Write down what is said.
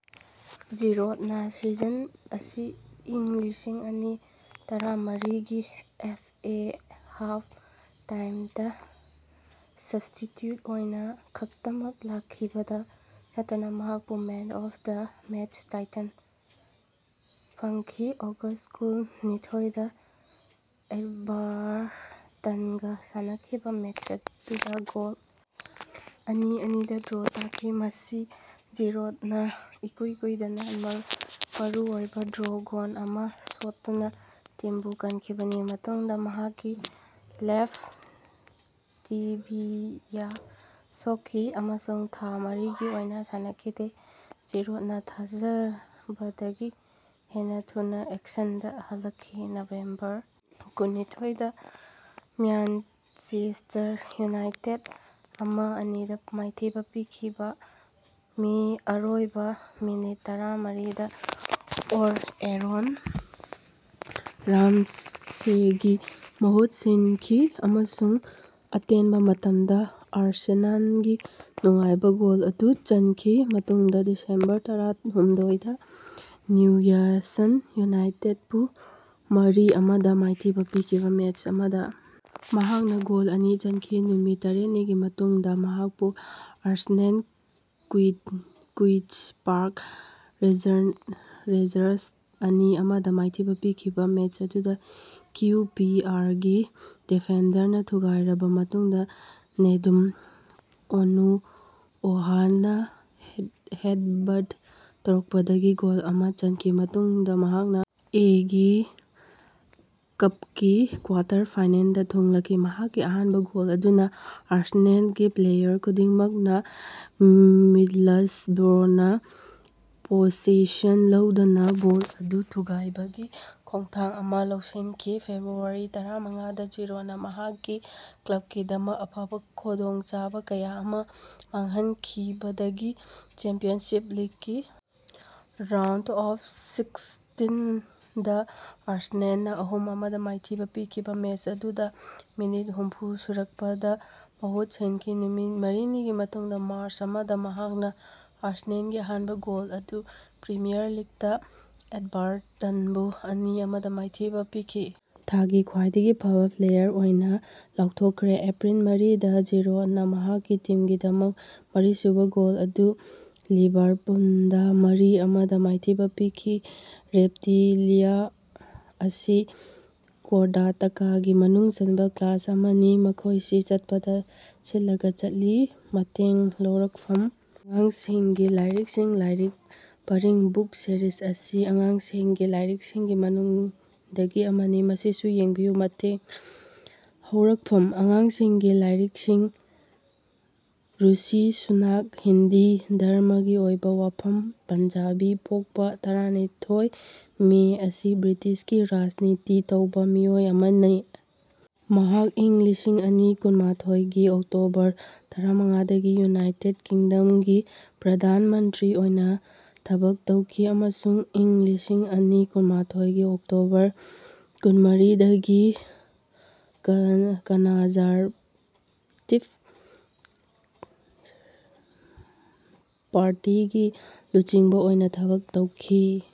ꯖꯤꯔꯣꯗꯅꯥ ꯁꯤꯖꯟ ꯑꯁꯤ ꯏꯪ ꯂꯤꯁꯤꯡ ꯑꯅꯤ ꯇꯔꯥꯃꯔꯤ ꯒꯤ ꯑꯦꯐ. ꯑꯦ. ꯍꯥꯐ ꯇꯥꯏꯝꯗ ꯁꯞꯁ꯭ꯇꯤꯆ꯭ꯌꯨꯠ ꯑꯣꯏꯅꯥ ꯈꯛꯇꯃꯛ ꯂꯥꯛꯈꯤꯕꯗ ꯅꯠꯇꯅ ꯃꯍꯥꯛꯄꯨ man of the match title ꯐꯪꯈꯤ ꯫ ꯑꯣꯒꯁ꯭ꯠ ꯀꯨꯟ ꯅꯤꯊꯣꯏꯗ ꯑꯦꯚꯥꯔꯇꯟꯒ ꯁꯥꯟꯅꯈꯤꯕ ꯃꯦꯆ ꯑꯗꯨꯗ ꯒꯣꯜ ꯑꯅꯤ - ꯑꯅꯤꯗ ꯗ꯭ꯔꯣ ꯇꯥꯈꯤ ꯃꯁꯤ ꯖꯤꯔꯣꯗꯅ ꯏꯀꯨꯏ ꯀꯨꯏꯗꯅꯥ ꯃꯔꯨꯑꯣꯏꯕꯥ ꯗ꯭ꯔꯣ ꯒꯣꯜ ꯑꯃꯥ ꯁꯣꯠꯇꯨꯅꯥ ꯇꯤꯝꯕꯨ ꯀꯟꯈꯤꯕꯅꯤ ꯃꯇꯨꯡꯗ ꯃꯍꯥꯛꯀꯤ ꯂꯦꯐꯠ ꯇꯤꯕꯤꯌꯥ ꯁꯣꯛꯈꯤ ꯑꯃꯁꯨꯡ ꯊꯥ ꯃꯔꯤꯒꯤ ꯑꯣꯏꯅꯥ ꯁꯥꯟꯅꯈꯤꯗꯦ꯫ ꯖꯤꯔꯣꯗꯅꯥ ꯊꯥꯖꯕꯗꯒꯤ ꯍꯦꯟꯅꯥ ꯊꯨꯅꯥ ꯑꯦꯛꯁꯟꯗꯥ ꯍꯜꯂꯛꯈꯤ, ꯅꯕꯦꯝꯕꯔ ꯀꯨꯟꯅꯤꯊꯣꯏꯗ ꯃ꯭ꯌꯥꯟꯆꯦꯁꯇꯔ ꯌꯨꯅꯥꯏꯇꯦꯗꯇ ꯑꯃ -ꯑꯅꯤꯗ ꯃꯥꯏꯊꯤꯕꯥ ꯄꯤꯈꯤꯕꯥ ꯃꯤ ꯑꯔꯣꯏꯕꯥ ꯃꯤꯅꯤꯠ ꯇꯔꯥꯃꯥꯔꯤꯗ ꯑꯦꯔꯣꯟ ꯔꯥꯃꯁꯦꯒꯤ ꯃꯍꯨꯠ ꯁꯤꯟꯈꯤ ꯑꯃꯁꯨꯡ ꯑꯇꯦꯟꯕ ꯃꯇꯝꯗ ꯑꯥꯔꯁꯦꯅꯥꯜꯒꯤ ꯅꯨꯡꯉꯥꯏꯕꯥ ꯒꯣꯜ ꯑꯗꯨ ꯆꯟꯈꯤ꯫ ꯃꯇꯨꯡꯗ ꯗꯤꯁꯦꯝꯕꯔ ꯇꯔꯥꯍꯨꯝꯗꯣꯏꯗ ꯅ꯭ꯌꯨꯛꯌꯥꯁꯜ ꯌꯨꯅꯥꯏꯇꯦꯗꯄꯨ ꯃꯔꯤ ꯑꯃꯥꯗ ꯃꯥꯏꯊꯤꯕ ꯄꯤꯈꯤꯕ ꯃꯦꯆ ꯑꯃꯗ ꯃꯍꯥꯛꯅ ꯒꯣꯜ ꯑꯅꯤ ꯆꯟꯈꯤ꯫ ꯅꯨꯃꯤꯠ ꯇꯔꯦꯠꯅꯤꯒꯤ ꯃꯇꯨꯡꯗ ꯃꯍꯥꯛꯄꯨ ꯑꯥꯔꯁꯦꯅꯦꯜ ꯀꯨꯏ ꯀꯨꯏꯟꯁ ꯄꯥꯔꯛ ꯔꯦꯟꯖꯔꯁꯇ ꯑꯅꯤ -ꯑꯃꯗ ꯃꯥꯏꯊꯤꯕꯥ ꯄꯤꯈꯤꯕꯥ ꯃꯦꯆ ꯑꯗꯨꯗ ꯀꯤꯎ ꯄꯤ ꯑꯥꯔꯒꯤ ꯗꯤꯐꯦꯟꯗꯔꯅ ꯊꯨꯒꯥꯏꯔꯕ ꯃꯇꯨꯡꯗ ꯅꯦꯗꯨꯝ ꯑꯣꯅꯨꯑꯣꯍꯥꯅ ꯍꯦꯗꯕꯠ ꯇꯧꯔꯛꯄꯗꯒꯤ ꯒꯣꯜ ꯑꯃꯥ ꯆꯟꯈꯤ꯫ ꯃꯇꯨꯡꯗ ꯃꯍꯥꯛꯅ ꯑꯦꯒꯤ ꯀꯞꯀꯤ ꯀ꯭ꯋꯥꯇꯔ ꯐꯤꯅꯦꯜꯗ ꯊꯨꯡꯂꯈꯤ꯫ ꯃꯍꯥꯛꯀꯤ ꯑꯍꯥꯟꯕꯥ ꯒꯣꯜ ꯑꯗꯨꯅ ꯑꯥꯔꯁꯦꯅꯦꯜꯒꯤ ꯄ꯭ꯂꯦꯌꯥꯔ ꯈꯨꯗꯤꯡꯃꯛꯅꯥ ꯃꯤꯗꯂꯁꯕ꯭ꯔꯣꯅ ꯄꯣꯁꯦꯁꯟ ꯂꯧꯗꯅꯥ ꯕꯣꯜ ꯑꯗꯨ ꯊꯨꯒꯥꯏꯕꯒꯤ ꯈꯣꯡꯊꯥꯡ ꯑꯃꯥ ꯂꯧꯁꯤꯟꯈꯤ꯫ ꯐꯦꯕ꯭ꯔꯨꯋꯥꯔꯤ ꯇꯔꯥꯃꯉꯥꯗ ꯖꯤꯔꯣꯗꯅꯥ ꯃꯍꯥꯛꯀꯤ ꯀ꯭ꯂꯕꯀꯤꯗꯃꯛ ꯑꯐꯕꯥ ꯈꯨꯗꯣꯡꯆꯥꯕꯥ ꯀꯌꯥ ꯑꯃꯥ ꯃꯥꯡꯍꯟꯈꯤꯕꯗꯒꯤ ꯆꯦꯝꯄꯤꯌꯟꯁ ꯂꯤꯛꯀꯤ ꯔꯥꯎꯟꯗ ꯑꯣꯐ ꯁꯤꯛꯁꯇꯤꯟꯗ ꯑꯥꯔꯁꯦꯅꯦꯜꯅ ꯑꯍꯨꯝ -ꯑꯃꯗ ꯃꯥꯏꯊꯤꯕꯥ ꯄꯤꯈꯤꯕꯥ ꯃꯦꯆ ꯑꯗꯨꯗꯥ ꯃꯤꯅꯤꯠ ꯍꯨꯝꯐꯨ ꯁꯨꯔꯛꯄꯗ ꯃꯍꯨꯠ ꯁꯤꯟꯈꯤ ꯫ ꯅꯨꯃꯤꯠ ꯃꯔꯤꯅꯤꯒꯤ ꯃꯇꯨꯡꯗ ꯃꯥꯔꯆ ꯑꯃꯗ ꯃꯍꯥꯛꯅ ꯑꯥꯔꯁꯦꯅꯦꯜꯒꯤ ꯑꯍꯥꯟꯕꯥ ꯒꯣꯜ ꯑꯗꯨ ꯄ꯭ꯔꯤꯃꯤꯌꯥꯔ ꯂꯤꯛꯇ ꯑꯦꯚꯥꯔꯇꯟꯕꯨ ꯑꯅꯤ- ꯑꯃꯗ ꯃꯥꯏꯊꯤꯕꯥ ꯄꯤꯈꯤ ꯊꯥꯒꯤ ꯈ꯭ꯋꯥꯏꯗꯒꯤ ꯐꯕꯥ ꯄ꯭ꯂꯦꯌꯥꯔ ꯑꯣꯏꯅ ꯂꯥꯎꯊꯣꯛꯈ꯭ꯔꯦ꯫ ꯑꯦꯄ꯭ꯔꯤꯜ ꯃꯔꯤꯗ ꯖꯤꯔꯣꯗꯅꯥ ꯃꯍꯥꯛꯀꯤ ꯇꯤꯝꯒꯤꯗꯃꯛ ꯃꯔꯤꯁꯨꯕꯥ ꯒꯣꯜ ꯑꯗꯨ ꯂꯤꯚꯥꯔꯄꯨꯜꯗꯥ ꯃꯔꯤ ꯑꯃꯗ ꯃꯥꯏꯊꯤꯕꯥ ꯄꯤꯈꯤ ꯫ ꯔꯦꯞꯇꯤꯂꯤꯌꯥ ꯑꯁꯤ ꯀꯣꯔꯗꯥꯇꯥꯒꯤ ꯃꯅꯨꯡ ꯆꯟꯕ ꯀ꯭ꯂꯥꯁ ꯑꯃꯅꯤ꯫ ꯃꯈꯣꯢꯁꯤ ꯆꯠꯄꯗ ꯁꯤꯠꯂꯒ ꯆꯠꯂꯤ꯫ ꯃꯇꯦꯡ ꯂꯧꯔꯛꯐꯝ :ꯑꯉꯥꯡꯁꯤꯡꯒꯤ ꯂꯥꯢꯔꯤꯛꯁꯤꯡ ꯂꯥꯢꯔꯤꯛ ꯄꯔꯤꯡ (ꯕꯨꯛ ꯁꯤꯔꯤꯁ) ꯑꯁꯤ ꯑꯉꯥꯡꯁꯤꯡꯒꯤ ꯂꯥꯢꯔꯤꯛꯁꯤꯡꯒꯤ ꯃꯅꯨꯡꯗꯒꯤ ꯑꯃꯅꯤ꯫ ꯃꯁꯤꯁꯨ ꯌꯦꯡꯕꯤꯌꯨ ꯃꯇꯦꯡ ꯍꯧꯔꯛꯐꯝ :ꯑꯉꯥꯡꯁꯤꯡꯒꯤ ꯂꯥꯢꯔꯤꯛꯁꯤꯡ ꯔꯨꯁꯤ ꯁꯨꯅꯥꯛ ꯍꯤꯟꯗꯤ: ꯙꯔꯝꯃꯒꯤ ꯑꯣꯏꯕꯥ ꯋꯥꯐꯝ: ꯄꯟꯖꯥꯕꯤ ꯄꯣꯛꯄꯥ ꯇꯔꯥꯅꯤꯊꯣꯏ ꯃꯦ ꯑꯁꯤ ꯕ꯭ꯔꯤꯇꯤꯁꯀꯤ ꯔꯥꯖꯅꯤꯇꯤ ꯇꯧꯕꯥ ꯃꯤꯑꯣꯏ ꯑꯃꯅꯤ, ꯃꯍꯥꯛꯅꯥ ꯏꯪ ꯂꯤꯁꯤꯡ ꯑꯅꯤ ꯀꯨꯟꯅꯤꯊꯣꯏꯒꯤ ꯑꯣꯛꯇꯣꯕꯔ ꯇꯔꯥꯃꯉꯥ ꯗꯒꯤ ꯌꯨꯅꯥꯏꯇꯦꯗ ꯀꯤꯡꯗꯃꯒꯤ ꯄ꯭ꯔꯙꯥꯟ ꯃꯟꯇ꯭ꯔꯤ ꯑꯣꯏꯅꯥ ꯊꯕꯛ ꯇꯧꯈꯤ ꯑꯃꯁꯨꯡ ꯏꯪ ꯂꯤꯁꯤꯡ ꯑꯅꯤ ꯀꯨꯟꯃꯥꯊꯣꯏꯒꯤ ꯑꯣꯛꯇꯣꯕꯔ ꯀꯨꯟꯃꯔꯤ ꯗꯒꯤ ꯀꯟ ꯀꯅꯖꯥꯔꯇꯤꯕ ꯄꯥꯔꯇꯤꯒꯤ ꯂꯨꯆꯤꯡꯕꯥ ꯑꯣꯏꯅꯥ ꯊꯕꯛ ꯇꯧꯈꯤ꯫